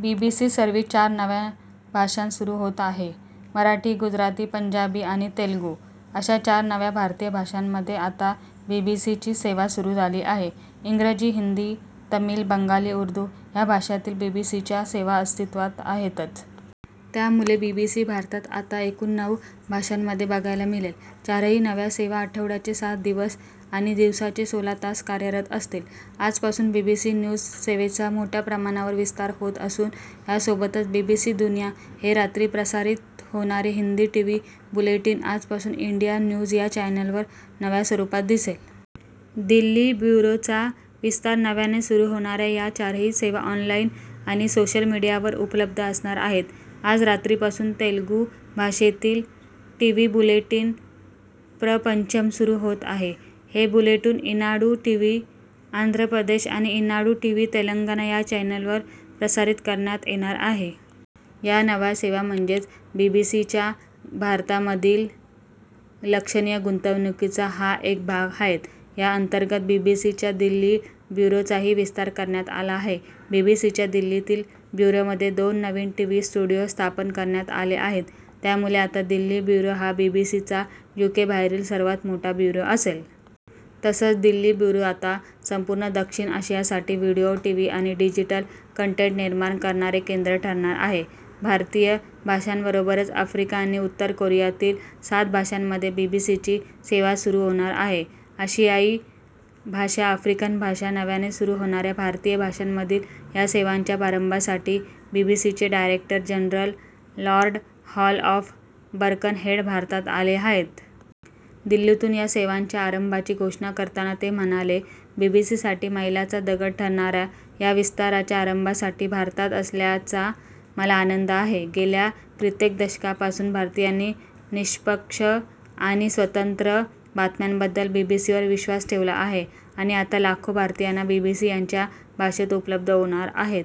BBC service चार नव्या भाषांत सुरू होते आहे. मराठी, गुजराती, पंजाबी आणि तेलुगू अशा चार नव्या भारतीय भाषांमध्ये आता 'बीबीसी'ची सेवा सुरू झाली आहे. इंग्रजी, हिंदी, तमिळ, बंगाली, उर्दू या भाषांतील बीबीसीच्या सेवा अस्तित्वात आहेतच. त्यामुळे बीबीसी भारतात आता एकूण नऊ भाषांमध्ये बघायला मिळेल. चारही नव्या सेवा आठवड्याचे सात दिवस आणि दिवसाचे सोळा तास कार्यरत असतील. आजपासून बीबीसी न्यूज सेवेचा मोठ्या प्रमाणावर विस्तार होत असून यासोबतच 'बीबीसी दुनिया' हे रात्री प्रसारित होणारे हिंदी टीव्ही बुलेटिन आजपासून 'इंडिया न्यूज' या चॅनेलवर नव्या स्वरूपात दिसेल. दिल्ली ब्युरोचा विस्तार नव्याने सुरू होणाऱ्या या चारही सेवा ऑनलाईन आणि सोशल मीडियावर उपलब्ध असणार आहेत. आज रात्रीपासून तेलुगू भाषेतील टीव्ही बुलेटिन 'प्रपंचम' सुरू होत आहे. हे बुलेटिन ईनाडू टीव्ही आंध्र प्रदेश आणि ईनाडू टीव्ही तेलंगणा या चॅनेलवर प्रसारित करण्यात येणार आहे. या नव्या सेवा म्हणजेच 'बीबीसी'च्या भारतामधील लक्षणीय गुंतवणुकीचा हा एक भाग आहेत. या अंतर्गत 'बीबीसी'च्या दिल्ली ब्युरोचाही विस्तार करण्यात आला आहे. बीबीसीच्या दिल्लीतील ब्युरोमध्ये दोन नवीन टीव्ही स्टुडिओ स्थापन करण्यात आले आहेत. त्यामुळे आता दिल्ली ब्युरो हा 'बीबीसी'चा 'यूके'बाहेरील सर्वात मोठा ब्युरो असेल. तसंच दिल्ली ब्युरो आता संपूर्ण दक्षिण आशियासाठी व्हिडिओ, टीव्ही आणि डिजिटल कन्टेन्ट निर्माण करणारे केंद्र ठरणार आहे. भारतीय भाषांबरोबरच आफ्रिका आणि उत्तर कोरियातील सात भाषांमध्ये बीबीसीची सेवा सुरू होणार आहे. आशियाई भाषा, आफ्रिकन भाषा - नव्याने सुरू होणाऱ्या भारतीय भाषांतील या सेवांच्या प्रारंभासाठी 'बीबीसी'चे director general Lord Hall of Birkenhead भारतात आले आहेत. दिल्लीतून या सेवांच्या आरंभाची घोषणा करताना ते म्हणाले, "बीबीसीसाठी मैलाचा दगड ठरणाऱ्या या विस्ताराच्या आरंभासाठी भारतात असल्याचा मला आनंद आहे. गेल्या कित्येक दशकांपासून भारतीयांनी निष्पक्ष आणि स्वतंत्र बातम्यांबद्दल बीबीसीवर विश्वास ठेवला आहे आणि आता लाखो भारतीयांना बीबीसी त्यांच्या भाषेत उपलब्ध होणार आहे."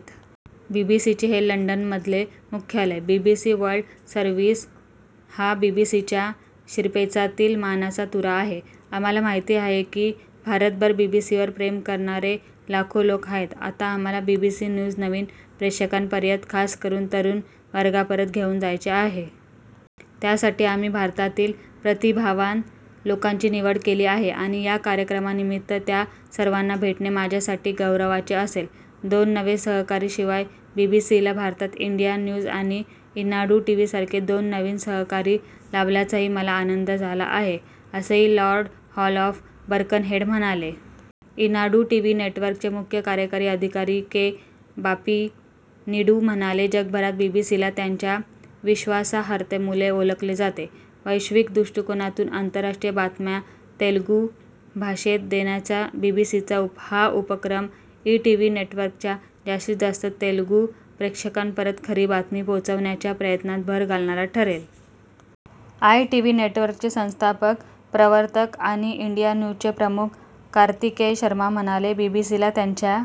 बीबीसीचे हे लंडनमधले मुख्यालय. बीबीसी वर्ल्ड सर्व्हिस हा बीबीसीच्या शिरपेचातील मानाचा तुरा आहे. "आम्हाला माहिती आहे की, भारतभर बीबीसीवर प्रेम करणारे लाखो लोक आहेत. आता आम्हाला बीबीसी न्यूज नवीन प्रेक्षकांपर्यंत खासकरून तरुण वर्गापर्यंत घेऊन जायचे आहे." "त्यासाठी आम्ही भारतातील प्रतिभावान लोकांची निवड केली आहे आणि या कार्यक्रमानिमित्त त्या सर्वांना भेटणे माझ्यासाठी गौरवाचे असेल." दोन नवे सहकारी - शिवाय 'बीबीसी'ला भारतात इंडिया न्यूज आणि ईनाडू टीव्हीसारखे दोन नवीन सहकारी लाभल्याचाही मला आनंद झाला आहे, असेही लॉर्ड हॉल ऑफ बर्कनहेड म्हणाले. ईनाडू टीव्ही नेटवर्कचे मुख्य कार्यकारी अधिकारी के. बापिनीडू म्हणाले, "जगभरात बीबीसीला त्यांच्या विश्वासार्हतेमुळे ओळखले जाते. वैश्विक दृष्टिकोनातून आंतरराष्ट्रीय बातम्या तेलुगू भाषेत देण्याचा बीबीसीचा हा उपक्रम ईटीव्ही नेटवर्कच्या जास्तीत जास्त तेलुगू प्रेक्षकांपर्यंत खरी बातमी पोहोचण्याच्या प्रयत्नांत भर घालणारा ठरेल." आयटीव्ही नेटवर्कचे संस्थापक, प्रवर्तक आणि इंडिया न्यूजचे प्रमुख कार्तिकेय शर्मा म्हणाले, "बीबीसीला त्यांच्या